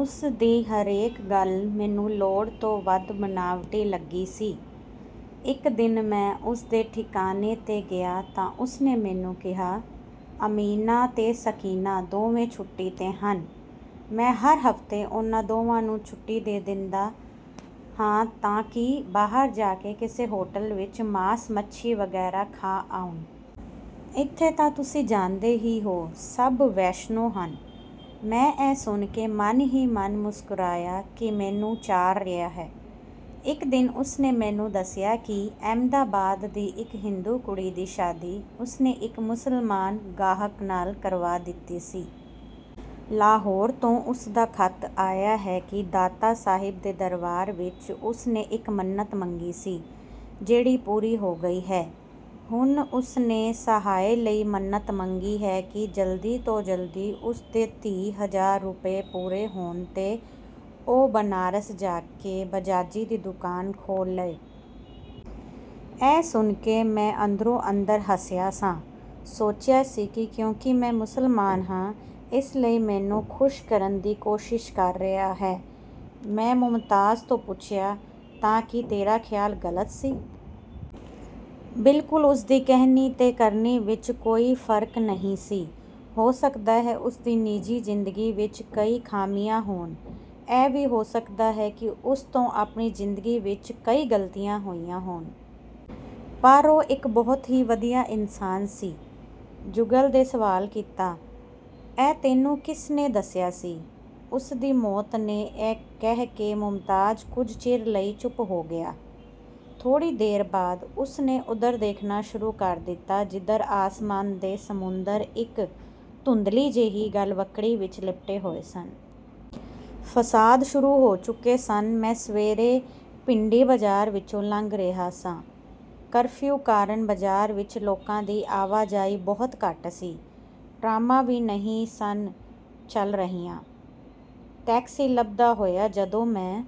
ਉਸ ਦੀ ਹਰੇਕ ਗੱਲ ਮੈਨੂੰ ਲੋੜ ਤੋਂ ਵੱਧ ਬਣਾਵਟੀ ਲੱਗੀ ਸੀ। ਇਕ ਦਿਨ ਮੈਂ ਉਸ ਦੇ ਠਿਕਾਣੇ 'ਤੇ ਗਿਆ ਤਾਂ ਉਸ ਨੇ ਮੈਨੂੰ ਕਿਹਾ, ਅਮੀਨਾ ਤੇ ਸਕੀਨਾ ਦੋਵੇਂ ਛੁੱਟੀ 'ਤੇ ਹਨ। ਮੈਂ ਹਰ ਹਫ਼ਤੇ ਉਹਨਾਂ ਦੋਵਾਂ ਨੂੰ ਛੁੱਟੀ ਦੇ ਦਿੰਦਾ ਹਾਂ ਤਾਂ ਕਿ ਬਾਹਰ ਜਾ ਕੇ ਕਿਸੇ ਹੋਟਲ ਵਿੱਚ ਮਾਸ ਮੱਛੀ ਵਗੈਰਾ ਖਾ ਆਉਣ। ਇੱਥੇ ਤਾਂ ਤੁਸੀਂ ਜਾਣਦੇ ਹੀ ਹੋ, ਸਭ ਵੈਸ਼ਨੂੰ ਹਨ। ਮੈਂ ਇਹ ਸੁਣ ਕੇ ਮਨ ਹੀ ਮਨ ਮੁਸਕਰਾਇਆ ਕਿ ਮੈਨੂੰ ਚਾਰ ਰਿਹਾ ਹੈ। ਇਕ ਦਿਨ ਉਸ ਨੇ ਮੈਨੂੰ ਦੱਸਿਆ ਕਿ ਅਹਿਮਦਾਬਾਦ ਦੀ ਇਕ ਹਿੰਦੂ ਕੁੜੀ ਦੀ ਸ਼ਾਦੀ ਉਸ ਨੇ ਇਕ ਮੁਸਲਮਾਨ ਗਾਹਕ ਨਾਲ ਕਰਵਾ ਦਿੱਤੀ ਸੀ। ਲਾਹੌਰ ਤੋਂ ਉਸ ਦਾ ਖ਼ਤ ਆਇਆ ਹੈ ਕਿ ਦਾਤਾ ਸਾਹਿਬ ਦੇ ਦਰਬਾਰ ਵਿੱਚ ਉਸ ਨੇ ਇਕ ਮੰਨਤ ਮੰਗੀ ਸੀ, ਜਿਹੜੀ ਪੂਰੀ ਹੋ ਗਈ ਹੈ। ਹੁਣ ਉਸ ਨੇ ਸਹਾਏ ਲਈ ਮੰਨਤ ਮੰਗੀ ਹੈ ਕਿ ਜਲਦੀ ਤੋਂ ਜਲਦੀ ਉਸ ਦੇ ਤੀਹ ਹਜ਼ਾਰ ਰੁਪਏ ਪੂਰੇ ਹੋਣ ਤੇ ਉਹ ਬਨਾਰਸ ਜਾ ਕੇ ਬਜਾਜੀ ਦੀ ਦੁਕਾਨ ਖੋਲ੍ਹ ਲਏ। ਇਹ ਸੁਣ ਕੇ ਮੈਂ ਅੰਦਰੋ ਅੰਦਰ ਹੱਸਿਆ ਸਾਂ। ਸੋਚਿਆ ਸੀ ਕਿ ਕਿਉਂਕਿ ਮੈਂ ਮੁਸਲਮਾਨ ਹਾਂ, ਇਸ ਲਈ ਮੈਨੂੰ ਖੁਸ਼ ਕਰਨ ਦੀ ਕੋਸ਼ਿਸ਼ ਕਰ ਰਿਹਾ ਹੈ। ਮੈਂ ਮੁਮਤਾਜ਼ ਤੋਂ ਪੁੱਛਿਆ, ਤਾਂ ਕੀ ਤੇਰਾ ਖ਼ਿਆਲ ਗ਼ਲਤ ਸੀ? ਬਿਲਕੁਲ, ਉਸ ਦੀ ਕਹਿਣੀ ਤੇ ਕਰਨੀ ਵਿੱਚ ਕੋਈ ਫਰਕ ਨਹੀਂ ਸੀ। ਹੋ ਸਕਦਾ ਹੈ ਉਸ ਦੀ ਨਿੱਜੀ ਜ਼ਿੰਦਗੀ ਵਿੱਚ ਕਈ ਖ਼ਾਮੀਆਂ ਹੋਣ। ਇਹ ਵੀ ਹੋ ਸਕਦਾ ਹੈ ਕਿ ਉਸ ਤੋਂ ਆਪਣੀ ਜ਼ਿੰਦਗੀ ਵਿੱਚ ਕਈ ਗ਼ਲਤੀਆਂ ਹੋਈਆਂ ਹੋਣ। ਪਰ ਉਹ ਇਕ ਬਹੁਤ ਹੀ ਵਧੀਆ ਇਨਸਾਨ ਸੀ। ਜੁਗਲ ਨੇ ਸਵਾਲ ਕੀਤਾ, ਇਹ ਤੈਨੂੰ ਕਿਸ ਨੇ ਦੱਸਿਆ ਸੀ? ਉਸ ਦੀ ਮੌਤ ਨੇ, ਇਹ ਕਹਿ ਕੇ ਮੁਮਤਾਜ਼ ਕੁਝ ਚਿਰ ਲਈ ਚੁੱਪ ਹੋ ਗਿਆ। ਥੋੜ੍ਹੀ ਦੇਰ ਬਾਅਦ ਉਸ ਨੇ ਉਧਰ ਦੇਖਣਾ ਸ਼ੁਰੂ ਕਰ ਦਿੱਤਾ ਜਿੱਧਰ ਆਸਮਾਨ ਤੇ ਸਮੁੰਦਰ ਇਕ ਧੁੰਦਲੀ ਜਿਹੀ ਗਲਵੱਕੜੀ ਵਿੱਚ ਲਿਪਟੇ ਹੋਏ ਸਨ। ਫਸਾਦ ਸ਼ੁਰੂ ਹੋ ਚੁੱਕੇ ਸਨ। ਮੈਂ ਸਵੇਰੇ ਭਿੰਡੀ ਬਾਜ਼ਾਰ ਵਿੱਚੋਂ ਲੰਘ ਰਿਹਾ ਸਾਂ। ਕਰਫ਼ਿਊ ਕਾਰਨ ਬਾਜ਼ਾਰ ਵਿੱਚ ਲੋਕਾਂ ਦੀ ਆਵਾਜਾਈ ਬਹੁਤ ਘੱਟ ਸੀ। ਟ੍ਰਾਮਾਂ ਵੀ ਨਹੀਂ ਸਨ ਚੱਲ ਰਹੀਆਂ। ਟੈਕਸੀ ਲੱਭਦਾ ਹੋਇਆ ਜਦੋਂ ਮੈਂ